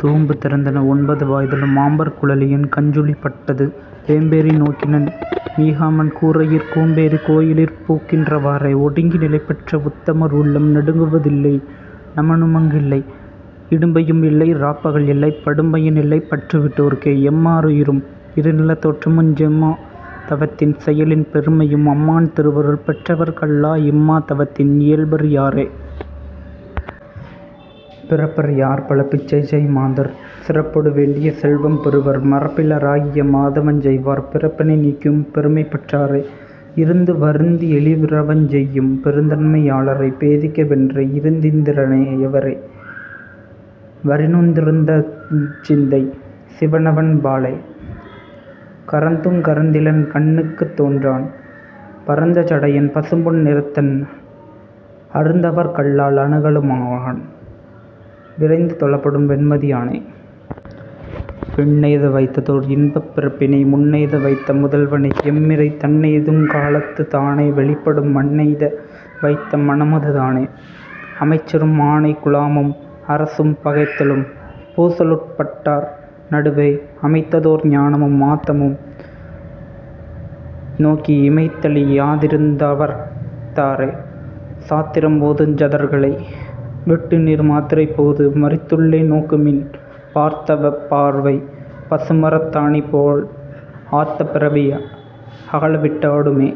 தூம்பு திறந்தன ஒன்பது வாய்தலும் ஆம்பற் குழலியின் கஞ்சுளிப் பட்டது வேம்பேறி நோக்கினன் மீகாமன் கூரையிற் கூம்பேறிக் கோயிலிற் பூக்கின்ற வாறே. ஒடுங்கி நிலைபெற்ற வுத்தமர் உள்ளம் நடுங்குவ தில்லை நமனுமங் கில்லை இடும்பையும் இல்லை இராப்பகல் இல்லை படும்பயன் இல்லை பற்றுவிட் டோர்க்கே. எம்மா ருயிரும் இருநிலத் தோற்றமுஞ் செம்மா தவத்தின் செயலின் பெருமையும் அம்மான் திருவருள் பெற்றவர்க் கல்லா இம்மா தவத்தின் இயல்பறி யாரே. பிறப்பறி யார்பல பிச்சைசெய் மாந்தர் சிறப்பொடு வேண்டிய செல்வம் பெறுவர் மறப்பில ராகிய மாதவஞ் செய்வார் பிறப்பினை நீக்கும் பெருமைபெற் றாரே. இருந்து வருந்தி எழிறவஞ் செய்யும் பெருந்தன்மை யாளரைப் பேதிக்க வென்றே இருந்திந் திரனே யெவரே வரினுந் திருந்துந்தஞ் சிந்தை சிவனவன் பாலே. கரந்துங் கரந்திலன் கண்ணுக்குந் தோன்றான் பரந்த சடையன் பசும்பொன் நிறத்தன் அருந்தவர்க் கல்லால் அணுகலு மாகான் விரைந்து தொழப்படும் வெண்மதி யானே. பின்னெய்த வைத்ததோர் இன்பப் பிறப்பினை முன்னெய்த வைத்த முதல்வனை எம்மிறை தன்னெய்துங் காலத்துத் தானே வெளிப்படும் மன்னெய்த வைத்த மனமது தானே. அமைச்சரும் ஆனைக் குழாமும் அரசும் பகைத்தெழும் பூசலுட் பட்டார் நடுவே அமைத்ததோர் ஞானமும் ஆத்தமும் நோக்கி இமைத்தழி யாதிருந் தார்தவத் தாரே. சாத்திரம் ஓதுஞ் சதுர்களை விட்டுநீர் மாத்திரைப் போது மறித்துள்ளே நோக்குமின் பார்த்தவப் பார்வை பசுமரத் தாணிபோல் ஆர்த்த பிறவி அகலவிட் டோடுமே.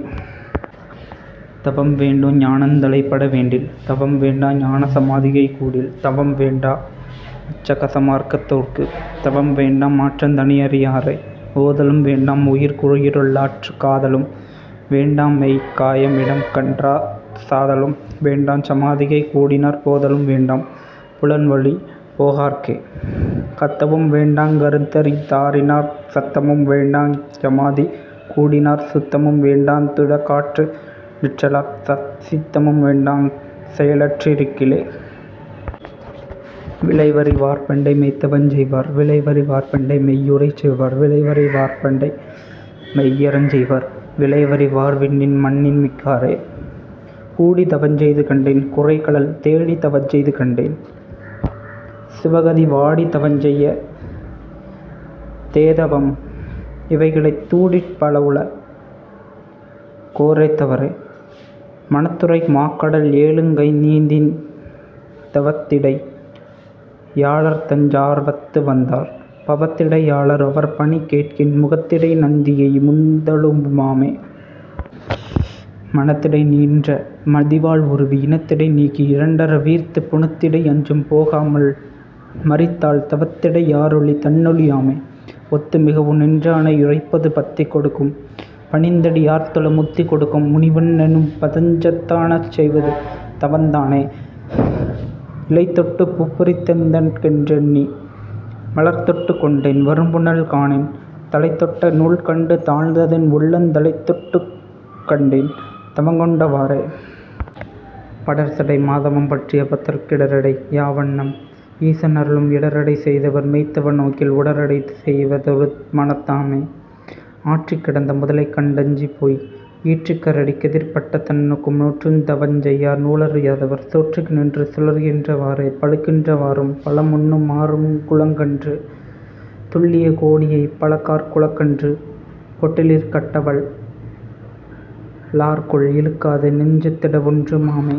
தவம்வேண்டு ஞானந் தலைபட வேண்டில் தவம்வேண்டா ஞான சமாதிகை கூடில் தவம்வேண்டா மச்ச கசமார்க்கத் தோர்க்கு தவம்வேண்டா மாற்றந் தனையறி யாரே. ஓதலும் வேண்டாம் உயிர்க்குயி ருள்ளுற்றாற் காதலும் வேண்டாமெய்க் காய மிடம்கண்டாற் சாதலும் வேண்டாஞ் சமாதிகை கூடினாற் போதலும் வேண்டாம் புலன்வழி போகார்க்கே. கத்தவும் வேண்டாங் கருத்தறிந் தாறினாற் சத்தமும் வேண்டாஞ் சமாதிகை கூடினாற் சுத்தமும் வேண்டாந் துடக்கற்று நிற்றலாற் சித்தமும் வேண்டாஞ் செயலற்றிருக்கிலே. விளைவறி வார்பண்டை மெய்த்தவஞ் செய்வார் விளைவறி வார்பண்டை மெய்யுரை செய்வார் விளைவறி வார்பண்டை மெய்யறஞ் செய்வார் விளைவறி வார்விண்ணின் மண்ணின்மிக் காரே. கூடித் தவஞ்செய்து கண்டேன் குரைகழல் தேடித் தவஞ்செய்து கண்டேன் சிவகதி வாடித் தவஞ்செய்வ தேதவம் இவைகளைந் தூடிற் பலவுல கோரெத் தவரே. மனத்துரை மாகடல் ஏழுங் கைநீந்தித் தவத்திடை யாளர்தஞ் சார்வத்து வந்தார் பவத்திடை யாளர் அவர்பணி கேட்கின் முகத்திடை நந்தியை முந்தலு மாமே. மனத்திடை நின்ற மதிவாள் உருவி இனத்திடை நீக்கி இரண்டற வீர்த்துப் புனத்திடை அஞ்சும் போகாமல் மறித்தால் தவத்திடை யாறொளி தன்னொளி யாமே. ஒத்து மிகவு நின்றானை யுரைப்பது பத்தி கொடுக்கும் பணிந்தடி யார்தொழ முத்தி கொடுக்கும் முனிவன் னெனும்பதஞ் சத்தான செய்வது தான்தவந் தானே. இலைதொட்டுப் பூப்பறித் தெந்தைக்கென் றெண்ணி மலர்தொட்டுக் கொண்டேன் வரும்புனல் காணேன் தலைதொட்ட நூல்கண்டு தாழ்ந்ததென் உள்ளந் தலைதொட்டுக் கண்டேன் தவங்கொண்ட வாறே. படர்சடை மாதவம் பற்றிய பத்தர்க் கிடரடை யாவண்ணம் ஈசன் அருளும் இடரடை செய்தவர் மெய்த்தவ நோக்கில் உடரடை செய்வ தொருமனத் தாமே. ஆற்றிக் கிடந்த முதலைகண் டஞ்சிப்போய் ஈற்றுக் கரடிக் கெதிர்ப்பட்ட தன்னொக்கும் நோற்றுத் தவஞ்செய்யார் நூலறி யாதவர் சோற்றுக்கு நின்று சுழல்கின்ற வாறே. பழுக்கின்ற வாறும் பழமுண்ணு மாறுங் குழக்கன்று துள்ளியக் கோணியைப் பல்காற் குழக்கன்று கொட்டிலிற் கட்டவல் லார்க்குள் இழுக்காது நெஞ்சத் திடவொன்று மாமே.